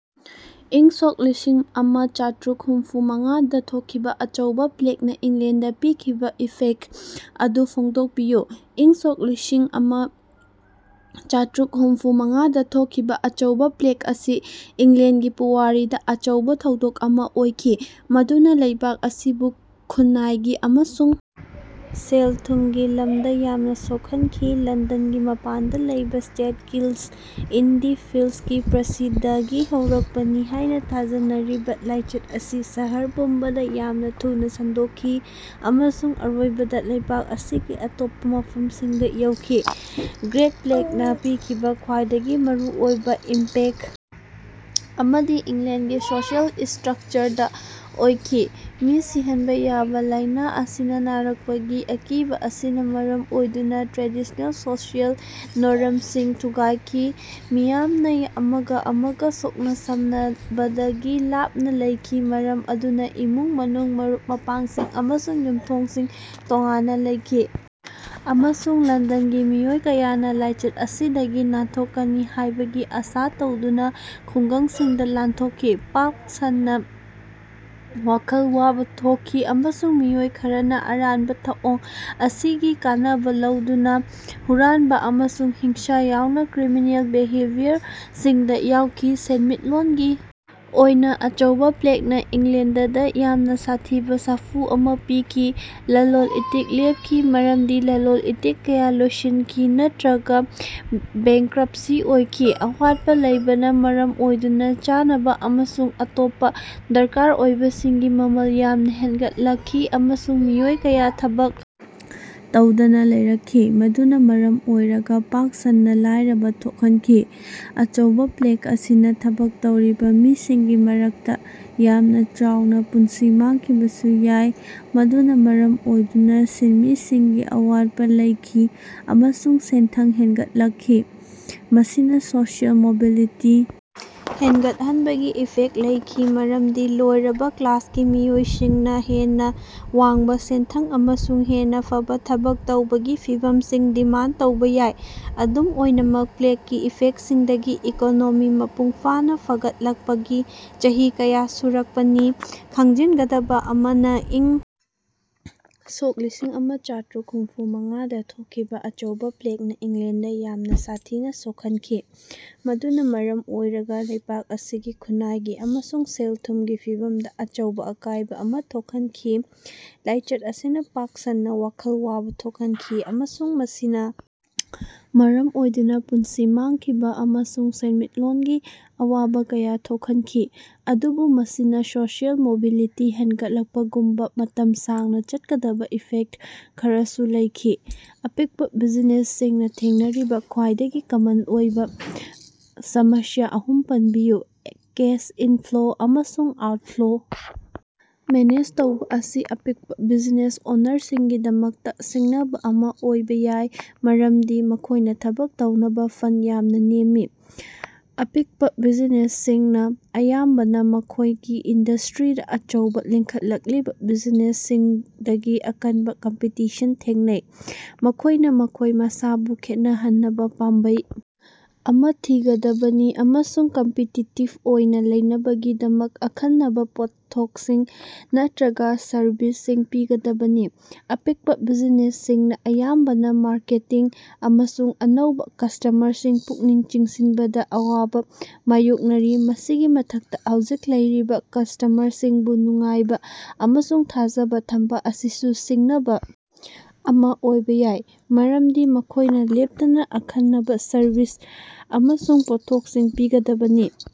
ꯏꯪ ꯁꯣꯛ ꯂꯤꯁꯤꯡꯑꯃꯥ ꯆꯥꯇ꯭ꯔꯨꯛ ꯍꯨꯝꯐꯨꯃꯉꯥꯗꯥ ꯊꯣꯛꯈꯤꯕꯥ ꯑꯆꯧꯕꯥ ꯄ꯭ꯂꯦꯛꯅꯥ ꯏꯪꯂꯦꯟꯗꯥ ꯄꯤꯈꯤꯕꯥ ꯏꯐꯦꯛꯇ ꯑꯗꯨ ꯐꯣꯡꯗꯣꯛꯄꯤꯌꯨ꯫ ꯏꯪ ꯁꯣꯛ ꯂꯤꯁꯤꯡꯑꯃꯥ ꯆꯥꯇ꯭ꯔꯨꯛ ꯍꯨꯝꯐꯨꯃꯉꯥꯗꯥ ꯊꯣꯛꯈꯤꯕꯥ ꯑꯆꯧꯕꯥ ꯄ꯭ꯂꯦꯛ ꯑꯁꯤ ꯏꯪꯂꯦꯟꯒꯤ ꯄꯨꯋꯥꯔꯤꯗꯥ ꯑꯆꯧꯕꯥ ꯊꯧꯗꯣꯛ ꯑꯃꯥ ꯑꯣꯏꯈꯤ, ꯃꯗꯨꯅꯥ ꯂꯩꯕꯥꯛ ꯑꯁꯤꯕꯨ ꯈꯨꯟꯅꯥꯏꯒꯤ ꯑꯃꯁꯨꯡ ꯁꯦꯜ-ꯊꯨꯝꯒꯤ ꯂꯝꯗꯥ ꯌꯥꯝꯅꯥ ꯁꯣꯛꯍꯟꯈꯤ꯫ ꯂꯟꯗꯟꯒꯤ ꯃꯄꯥꯟꯗꯥ ꯂꯩꯕꯥ ꯁꯦꯟꯇ ꯒꯤꯜꯁ-ꯏꯟ-ꯗꯤ-ꯐꯤꯜꯁꯀꯤ ꯄꯥꯔꯁꯤꯗꯒꯤ ꯍꯧꯔꯛꯄꯅꯤ ꯍꯥꯏꯅꯥ ꯊꯥꯖꯅꯔꯤꯕꯥ ꯂꯥꯏꯆꯠ ꯑꯁꯤ ꯁꯍꯔ ꯄꯨꯝꯕꯗꯥ ꯌꯥꯝꯅꯥ ꯊꯨꯅꯥ ꯁꯟꯗꯣꯛꯈꯤ ꯑꯃꯁꯨꯡ ꯑꯔꯣꯏꯕꯗꯥ ꯂꯩꯕꯥꯛ ꯑꯁꯤꯒꯤ ꯑꯇꯣꯞꯄꯥ ꯃꯐꯝꯁꯤꯡꯗꯥ ꯌꯧꯈꯤ꯫ ꯒ꯭ꯔꯦꯠ ꯄ꯭ꯂꯦꯛꯅꯥ ꯄꯤꯈꯤꯕꯥ ꯈ꯭ꯋꯥꯏꯗꯒꯤ ꯃꯔꯨꯑꯣꯏꯕꯥ ꯏꯝꯄꯦꯛ ꯑꯃꯗꯤ ꯏꯪꯂꯦꯟꯒꯤ ꯁꯣꯁꯤꯑꯦꯜ ꯏꯁꯇ꯭ꯔꯛꯆꯔꯗꯥ ꯑꯣꯏꯈꯤ꯫ ꯃꯤ ꯁꯤꯍꯟꯕꯥ ꯌꯥꯕ ꯂꯥꯏꯅꯥ ꯑꯁꯤꯅꯥ ꯅꯥꯔꯛꯄꯒꯤ ꯑꯀꯤꯕꯥ ꯑꯁꯤꯅꯥ ꯃꯔꯝ ꯑꯣꯏꯗꯨꯅꯥ ꯇ꯭ꯔꯦꯗꯤꯁꯅꯦꯜ ꯁꯣꯁꯤꯑꯦꯜ ꯅꯣꯔꯝꯁꯤꯡ ꯊꯨꯒꯥꯏꯈꯤ꯫ ꯃꯤꯌꯥꯝꯅꯥ ꯑꯃꯒꯥ ꯑꯃꯒꯥ ꯁꯣꯛꯅ-ꯁꯝꯅꯕꯗꯒꯤ ꯂꯥꯞꯅꯥ ꯂꯩꯈꯤ, ꯃꯔꯝ ꯑꯗꯨꯅꯥ ꯏꯃꯨꯡ-ꯃꯅꯨꯡ, ꯃꯔꯨꯞ-ꯃꯄꯥꯡꯁꯤꯡ ꯑꯃꯁꯨꯡ ꯌꯨꯝꯊꯣꯡꯁꯤꯡ ꯇꯣꯉꯥꯟꯅꯥ ꯂꯩꯈꯤ ꯑꯃꯁꯨꯡ ꯂꯟꯗꯟꯒꯤ ꯃꯤꯑꯣꯏ ꯀꯌꯥꯅꯥ ꯂꯥꯏꯆꯠ ꯑꯁꯤꯗꯒꯤ ꯅꯥꯟꯊꯣꯛꯀꯅꯤ ꯍꯥꯏꯕꯒꯤ ꯑꯥꯁꯥ ꯇꯧꯗꯨꯅꯥ ꯈꯨꯡꯒꯪꯁꯤꯡꯗꯥ ꯂꯥꯟꯊꯣꯛꯈꯤ꯫ ꯄꯥꯛ ꯁꯟꯅꯥ ꯋꯥꯈꯜ ꯋꯥꯕꯥ ꯊꯣꯛꯈꯤ ꯑꯃꯁꯨꯡ ꯃꯤꯑꯣꯏ ꯈꯔꯅꯥ ꯑꯔꯥꯟꯕꯥ ꯊꯧꯑꯣꯡ ꯑꯁꯤꯒꯤ ꯀꯥꯟꯅꯕꯥ ꯂꯧꯗꯨꯅꯥ ꯍꯨꯔꯥꯟꯕꯥ ꯑꯃꯁꯨꯡ ꯍꯤꯡꯁꯥ ꯌꯥꯎꯅꯥ ꯀ꯭ꯔꯤꯃꯤꯅꯦꯜ ꯕꯤꯍꯦꯕꯤꯌꯔꯁꯤꯡꯗꯥ ꯌꯥꯎꯈꯤ꯫ ꯁꯦꯟꯃꯤꯠꯂꯣꯟꯒꯤ ꯑꯣꯏꯅꯥ ꯑꯆꯧꯕꯥ ꯄ꯭ꯂꯦꯛꯅꯥ ꯏꯪꯂꯦꯟꯗꯗꯥ ꯌꯥꯝꯅꯥ ꯁꯥꯊꯤꯕꯥ ꯁꯥꯐꯨ ꯑꯃꯥ ꯄꯤꯈꯤ꯫ ꯂꯂꯣꯟ-ꯏꯇꯤꯛ ꯂꯦꯞꯈꯤ, ꯃꯔꯝꯗꯤ ꯂꯂꯣꯟ-ꯏꯇꯤꯛ ꯀꯌꯥ ꯂꯣꯏꯁꯤꯟꯈꯤ ꯅꯠꯇ꯭ꯔꯒꯥ ꯕꯦꯡꯀ꯭ꯔꯞꯁꯤ ꯑꯣꯏꯈꯤ꯫ ꯑꯋꯥꯠꯄꯥ ꯂꯩꯕꯅꯥ ꯃꯔꯝ ꯑꯣꯏꯗꯨꯅꯥ ꯆꯥꯅꯕꯥ ꯑꯃꯁꯨꯡ ꯑꯇꯣꯞꯄꯥ ꯗꯔꯀꯥꯔ ꯑꯣꯏꯕꯁꯤꯡꯒꯤ ꯃꯃꯜ ꯌꯥꯝꯅꯥ ꯍꯦꯟꯒꯠꯂꯛꯈꯤꯑꯃꯁꯨꯡ ꯃꯤꯑꯣꯏ ꯀꯌꯥ ꯊꯕꯛ ꯇꯧꯗꯅꯥ ꯂꯩꯔꯛꯈꯤ, ꯃꯗꯨꯅꯥ ꯃꯔꯝ ꯑꯣꯏꯔꯒꯥ ꯄꯥꯛ ꯁꯟꯅꯥ ꯂꯥꯏꯔꯕꯥ ꯊꯣꯛꯍꯟꯈꯤ꯫ ꯑꯆꯧꯕꯥ ꯄ꯭ꯂꯦꯛ ꯑꯁꯤꯅꯥ ꯊꯕꯛ ꯇꯧꯔꯤꯕꯥ ꯃꯤꯁꯤꯡꯒꯤ ꯃꯔꯛꯇꯥ ꯌꯥꯝꯅꯥ ꯆꯥꯎꯅꯥ ꯄꯨꯟꯁꯤ ꯃꯥꯡꯈꯤꯕꯁꯨ ꯌꯥꯏ, ꯃꯗꯨꯅꯥ ꯃꯔꯝ ꯑꯣꯏꯗꯨꯅꯥ ꯁꯤꯟꯃꯤꯁꯤꯡꯒꯤ ꯑꯋꯥꯠꯄꯥ ꯂꯩꯈꯤ ꯑꯃꯁꯨꯡ ꯁꯦꯟꯊꯪ ꯍꯦꯟꯒꯠꯂꯛꯈꯤ꯫ ꯃꯁꯤꯅꯥ ꯁꯣꯁꯤꯑꯦꯜ ꯃꯣꯕꯤꯂꯤꯇꯤ ꯍꯦꯟꯒꯠꯍꯟꯕꯒꯤ ꯏꯐꯦꯛ ꯂꯩꯈꯤ, ꯃꯔꯝꯗꯤ ꯂꯣꯏꯔꯕꯥ ꯀ꯭ꯂꯥꯁꯀꯤ ꯃꯤꯑꯣꯏꯁꯤꯡꯅꯥ ꯍꯦꯟꯅꯥ ꯋꯥꯡꯕꯥ ꯁꯦꯟꯊꯪ ꯑꯃꯁꯨꯡ ꯍꯦꯟꯅꯥ ꯐꯕꯥ ꯊꯕꯛ ꯇꯧꯕꯒꯤ ꯐꯤꯚꯝꯁꯤꯡ ꯗꯤꯃꯥꯟꯗ ꯇꯧꯕꯥ ꯌꯥꯏ꯫ ꯑꯗꯨꯝ ꯑꯣꯏꯅꯃꯛ, ꯄ꯭ꯂꯦꯛꯀꯤ ꯏꯐꯦꯛꯁꯤꯡꯗꯒꯤ ꯏꯀꯣꯅꯣꯃꯤ ꯃꯄꯨꯡ ꯐꯥꯅꯥ ꯐꯒꯠꯂꯛꯄꯒꯤ ꯆꯍꯤ ꯀꯌꯥ ꯁꯨꯔꯛꯄꯅꯤ꯫ ꯈꯪꯖꯤꯟꯒꯗꯕꯥ ꯑꯃꯅꯥ, ꯏꯪ ꯁꯣꯛ ꯂꯤꯁꯤꯡꯑꯃꯥ ꯆꯥꯇ꯭ꯔꯨꯛ ꯍꯨꯝꯐꯨꯃꯉꯥꯗꯥ ꯊꯣꯛꯈꯤꯕꯥ ꯑꯆꯧꯕꯥ ꯄ꯭ꯂꯦꯛꯅꯥ ꯏꯪꯂꯦꯟꯗꯥ ꯌꯥꯝꯅꯥ ꯁꯥꯊꯤꯅꯥ ꯁꯣꯛꯍꯟꯈꯤ, ꯃꯗꯨꯅꯥ ꯃꯔꯝ ꯑꯣꯏꯔꯒꯥ ꯂꯩꯕꯥꯛ ꯑꯁꯤꯒꯤ ꯈꯨꯟꯅꯥꯏꯒꯤ ꯑꯃꯁꯨꯡ ꯁꯦꯜ-ꯊꯨꯝꯒꯤ ꯐꯤꯚꯝꯗꯥ ꯑꯆꯧꯕꯥ ꯑꯀꯥꯏꯕꯥ ꯑꯃꯥ ꯊꯣꯛꯍꯟꯈꯤ꯫ ꯂꯥꯏꯆꯠ ꯑꯁꯤꯅꯥ ꯄꯥꯛ ꯁꯟꯅꯥ ꯋꯥꯈꯜ ꯋꯥꯕꯥ ꯊꯣꯛꯍꯟꯈꯤ ꯑꯃꯁꯨꯡ ꯃꯁꯤꯅꯥ ꯃꯔꯝ ꯑꯣꯏꯗꯨꯅꯥ ꯄꯨꯟꯁꯤ ꯃꯥꯡꯈꯤꯕꯥ ꯑꯃꯁꯨꯡ ꯁꯦꯟꯃꯤꯠꯂꯣꯟꯒꯤ ꯑꯋꯥꯕꯥ ꯀꯌꯥ ꯊꯣꯛꯍꯟꯈꯤ, ꯑꯗꯨꯕꯨ ꯃꯁꯤꯅꯥ ꯁꯣꯁꯤꯑꯦꯜ ꯃꯣꯕꯤꯂꯤꯇꯤ ꯍꯦꯟꯒꯠꯂꯛꯄꯒꯨꯝꯕꯥ ꯃꯇꯝ ꯁꯥꯡꯅꯥ ꯆꯠꯀꯗꯕꯥ ꯏꯐꯦꯛꯇ ꯈꯔꯁꯨ ꯂꯩꯈꯤ꯫ ꯑꯄꯤꯀꯄꯥ ꯕꯤꯖꯤꯅꯦꯁꯁꯤꯡꯅꯥ ꯊꯦꯡꯅꯔꯤꯕꯥ ꯈ꯭ꯋꯥꯏꯗꯒꯤ ꯀꯃꯟ ꯑꯣꯏꯕꯥ ꯁꯃꯁ꯭ꯌꯥ ꯑꯍꯨꯝ ꯄꯟꯕꯤꯌꯨ꯫ ꯀꯦꯁ ꯏꯟꯐ꯭ꯂꯣ ꯑꯃꯁꯨꯡ ꯑꯥꯎꯠꯐ꯭ꯂꯣ ꯃꯦꯅꯦꯖ ꯇꯧꯕꯥ ꯑꯁꯤ ꯑꯄꯤꯛꯄꯥ ꯕꯤꯖꯤꯅꯦꯁ ꯑꯣꯅꯔꯁꯤꯡꯒꯤꯗꯃꯛꯇꯥ ꯁꯤꯡꯅꯕꯥ ꯑꯃꯥ ꯑꯣꯏꯕꯥ ꯌꯥꯏ ꯃꯔꯝꯗꯤ ꯃꯈꯣꯏꯅꯥ ꯊꯕꯛ ꯇꯧꯅꯕꯥ ꯐꯟ ꯌꯥꯝꯅꯥ ꯅꯦꯝꯃꯤ꯫ ꯑꯄꯤꯛꯄꯥ ꯕꯤꯖꯤꯅꯦꯁꯁꯤꯡꯅꯥ ꯑꯌꯥꯝꯕꯅꯥ ꯃꯈꯣꯏꯒꯤ ꯏꯟꯗꯁꯇ꯭ꯔꯤꯗꯥ ꯑꯆꯧꯕꯥ, ꯂꯤꯡꯈꯠꯂꯛꯂꯤꯕꯥ ꯕꯤꯖꯤꯅꯦꯁꯁꯤꯡꯗꯒꯤ ꯑꯀꯟꯕꯥ ꯀꯝꯄꯤꯇꯤꯁꯟ ꯊꯦꯡꯅꯩ꯫ ꯃꯈꯣꯏꯅꯥ ꯃꯈꯣꯏ ꯃꯁꯥꯕꯨ ꯈꯦꯠꯅꯍꯟꯅꯕꯥ ꯄꯥꯝꯕꯩ ꯑꯃꯥ ꯊꯤꯒꯗꯕꯅꯤ ꯑꯃꯁꯨꯡ ꯀꯝꯄꯤꯇꯤꯇꯤꯞ ꯑꯣꯏꯅꯥ ꯂꯩꯅꯕꯒꯤꯗꯃꯛ ꯑꯈꯟꯅꯕꯥ ꯄꯣꯠꯊꯣꯛꯁꯤꯡ ꯅꯠꯇ꯭ꯔꯒꯥ ꯁꯔꯕꯤꯁꯁꯤꯡ ꯄꯤꯒꯗꯕꯅꯤ꯫ ꯑꯄꯤꯛꯄꯥ ꯕꯤꯖꯤꯅꯦꯁꯁꯤꯡꯅꯥ ꯑꯌꯥꯝꯕꯅꯥ ꯃꯥꯔꯀꯦꯇꯤꯡ ꯑꯃꯁꯨꯡ ꯑꯅꯧꯕꯥ ꯀꯁꯇꯃꯔꯁꯤꯡ ꯄꯨꯛꯅꯤꯡ ꯆꯤꯡꯁꯤꯟꯕꯗꯥ ꯑꯋꯥꯕꯥ ꯃꯥꯌꯣꯛꯅꯔꯤ꯫ ꯃꯁꯤꯒꯤ ꯃꯊꯛꯇꯥ, ꯍꯧꯖꯤꯛ ꯂꯩꯔꯤꯕꯥ ꯀꯁꯇ꯭ꯃꯔꯁꯤꯡꯕꯨ ꯅꯨꯡꯉꯥꯏꯕꯥ ꯑꯃꯁꯨꯡ ꯊꯥꯖꯕꯥ ꯊꯝꯕꯥ ꯑꯁꯤꯁꯨ ꯁꯤꯡꯅꯕꯥ ꯑꯃꯥ ꯑꯣꯏꯕꯥ ꯌꯥꯏ, ꯃꯔꯝꯗꯤ ꯃꯈꯣꯏꯅꯥ ꯂꯦꯞꯇꯅꯥ ꯑꯈꯟꯅꯕꯥ ꯁꯔꯚꯤꯁ ꯑꯃꯁꯨꯡ ꯄꯣꯠꯊꯣꯛꯁꯤꯡ ꯄꯤꯒꯗꯕꯅꯤ꯫